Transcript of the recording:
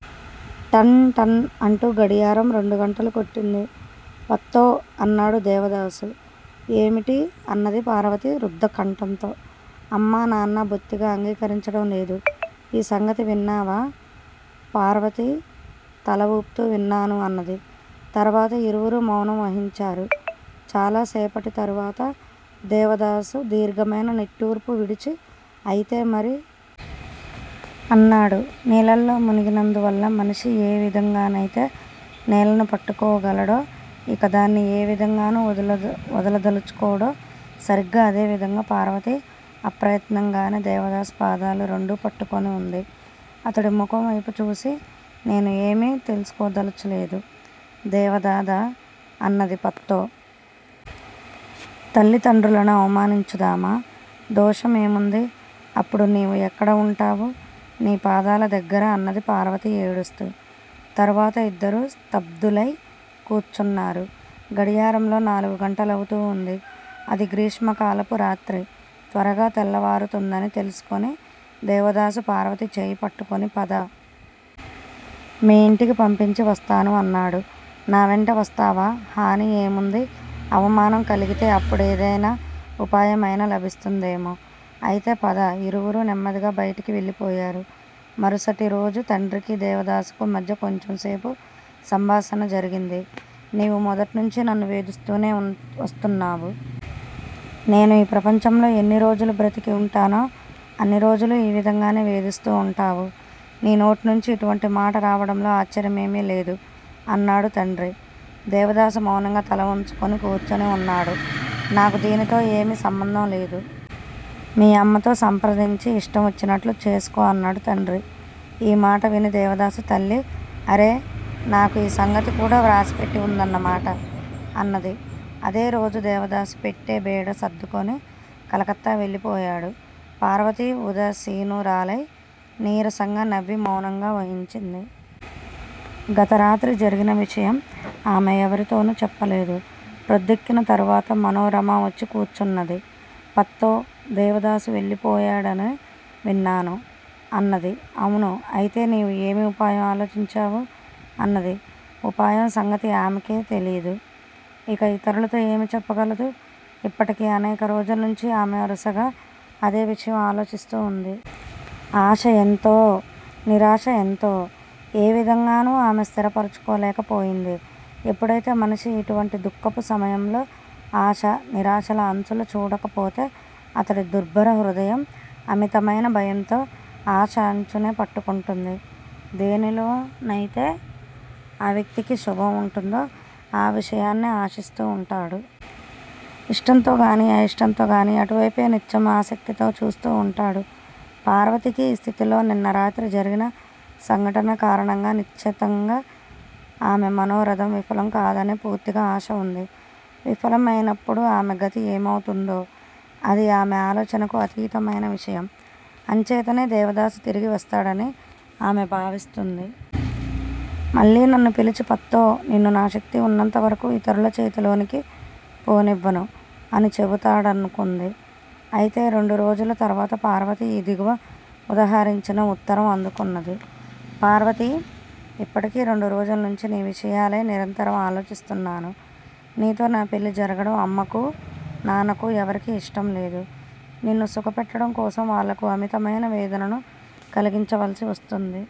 టన్ టన్ అంటూ గడియారం రెండు గంటలు కొట్టింది. పత్తో! అన్నాడు దేవదాసు. ఏమిటి అన్నది పార్వతి రుద్ధకంఠంతో. అమ్మా, నాన్నా బొత్తిగా అంగీకరించడం లేదు. ఈ సంగతి విన్నావా? పార్వతి తల ఊపుతూ విన్నాను అన్నది. తరువాత ఇరువురూ మౌనం వహించారు. చాలా సేపటి తరువాత దేవదాసు దీర్ఘమైన నిట్టూర్పు విడిచి అయితే మరీ? అన్నాడు. నీళ్లల్లో మునిగినందువల్ల మనిషి ఏ విధంగానైతే నేలను పట్టుకోగలడో, ఇక దాన్ని ఏ విధంగానూ వదలద వదలద లచుకోడో సరిగ్గా అదే విధంగా పార్వతి అప్రయత్నంగానే దేవదాసు పాదాలు రెండూ పట్టుకొని ఉంది. అతడి ముఖం వైపు చూసి నేను ఏమీ తెలుసుకోదలచలేదు దేవదాదా! అన్నది. పత్తో! తల్లిదండ్రులను అవమానించుదామా? దోషం ఏముంది? అప్పుడు నీవు ఎక్కడ ఉంటావు? నీ పాదాల దగ్గర! అన్నది పార్వతి ఏడుస్తూ. తరువాత ఇద్దరూ స్తబ్దులై కూర్చున్నారు. గడియారంలో నాలుగు గంటలవుతూ ఉంది. అది గ్రీష్మకాలపు రాత్రి. త్వరగా తెల్లవారుతుందని తెలుసుకొని దేవదాసు పార్వతి చేయి పట్టుకొని పద! మీ ఇంటికి పంపించి వస్తాను అన్నాడు. నా వెంట వస్తావా? హాని ఏముంది? అవమానం కలిగితే అప్పుడేదైనా ఉపాయమైనా లభిస్తుందేమో! అయితే పద! ఇరువురూ నెమ్మదిగా బయటికి వెళ్లిపోయారు. మరుసటి రోజు తండ్రికీ దేవదాసుకూ మధ్య కొంచెం సేపు సంభాషణ జరిగింది. నీవు మొదటినుంచీ నన్ను వేధిస్తూనే వస్తున్నావు. నేను ఈ ప్రపంచంలో ఎన్ని రోజులు బ్రతికి ఉంటానో అన్ని రోజులు ఈ విధంగానే వేధిస్తూ ఉంటావు. నీ నోటినుంచి ఇటువంటి మాట రావడంలో ఆశ్చర్యమేమీ లేదు అన్నాడు తండ్రి. దేవదాసు మౌనంగా తల వంచుకొని కూర్చొని ఉన్నాడు. నాకు దీనితో ఏమీ సంబంధం లేదు. మీ అమ్మతో సంప్రదించి ఇష్టం వచ్చినట్లు చేసుకో అన్నాడు తండ్రి. ఈ మాట విని దేవదాసు తల్లి అరే, నాకు ఈ సంగతి కూడా వ్రాసి పెట్టి ఉందన్న మాట! అన్నది. అదే రోజు దేవదాసు పెట్టె, బేడా సర్దుకొని కలకత్తా వెళ్లిపోయాడు. పార్వతి ఉదాసీనురాలై నీరసంగా నవ్వి మౌనంగా వహించింది. గతరాత్రి జరిగిన విషయం ఆమె ఎవరితోనూ చెప్పలేదు. ప్రొద్దెక్కిన తరువాత మనోరమ వచ్చి కూర్చున్నది. పత్తో! దేవదాసు వెళ్లిపోయాడని విన్నాను? అన్నది. అవును. అయితే నీవు ఏమి ఉపాయం ఆలోచించావు? అన్నది. ఉపాయం సంగతి ఆమెకే తెలియదు, ఇక ఇతరులతో ఏమి చెప్పగలదు? ఇప్పటికి అనేక రోజుల నుంచి ఆమె వరుసగా అదే విషయం ఆలోచిస్తూ ఉంది. ఆశ ఎంతో, నిరాశ ఎంతో ఏ విధంగానూ ఆమె స్థిరపరచుకోలేక పోయింది. ఎప్పుడైతే మనిషి ఇటువంటి దుఃఖపు సమయంలో ఆశ, నిరాశల అంచులు చూడకపోతే అతడి దుర్భర హృదయం అమితమైన భయంతో ఆశ అంచునే పట్టుకుంటుంది. దేనిలోనైతే ఆ వ్యక్తికి శుభం ఉంటుందో ఆ విషయాన్నే ఆశిస్తూ ఉంటాడు. ఇష్టంతోగానీ, అయిష్టంతోగానీ అటువైపే నిత్యం ఆసక్తితో చూస్తూ ఉంటాడు. పార్వతికి ఈ స్థితిలో నిన్నరాత్రి జరిగిన సంఘటన కారణంగా నిశ్చితంగా ఆమె మనోరథం విఫలం కాదనే పూర్తిగా ఆశ ఉంది. విఫలమైనప్పుడు ఆమె గతి ఏమవుతుందో అది ఆమె ఆలోచనకు అతీతమైన విషయం. అంచేతనే దేవదాసు తిరిగి వస్తాడని ఆమె భావిస్తుంది. మళ్లీ నన్ను పిలిచి పత్తో! నిన్ను నా శక్తి ఉన్నంతవరకు ఇతరుల చేతిలోనికి పోనివ్వను అని చెబుతాడనుకున్నది. అయితే రెండు రోజుల తరువాత పార్వతి ఈ దిగువ ఉదాహరించిన ఉత్తరం అందుకున్నది. పార్వతీ, ఇప్పటికి రెండు రోజుల నుంచి నీ విషయాలే నిరంతరం ఆలోచిస్తున్నాను. నీతో నా పెళ్లి జరగడం అమ్మకూ, నాన్నకూ ఎవరికీ ఇష్టంలేదు. నిన్ను సుఖపెట్టడం కోసం వాళ్లకు అమితమైన వేదనను కలిగించవలసి వస్తుంది.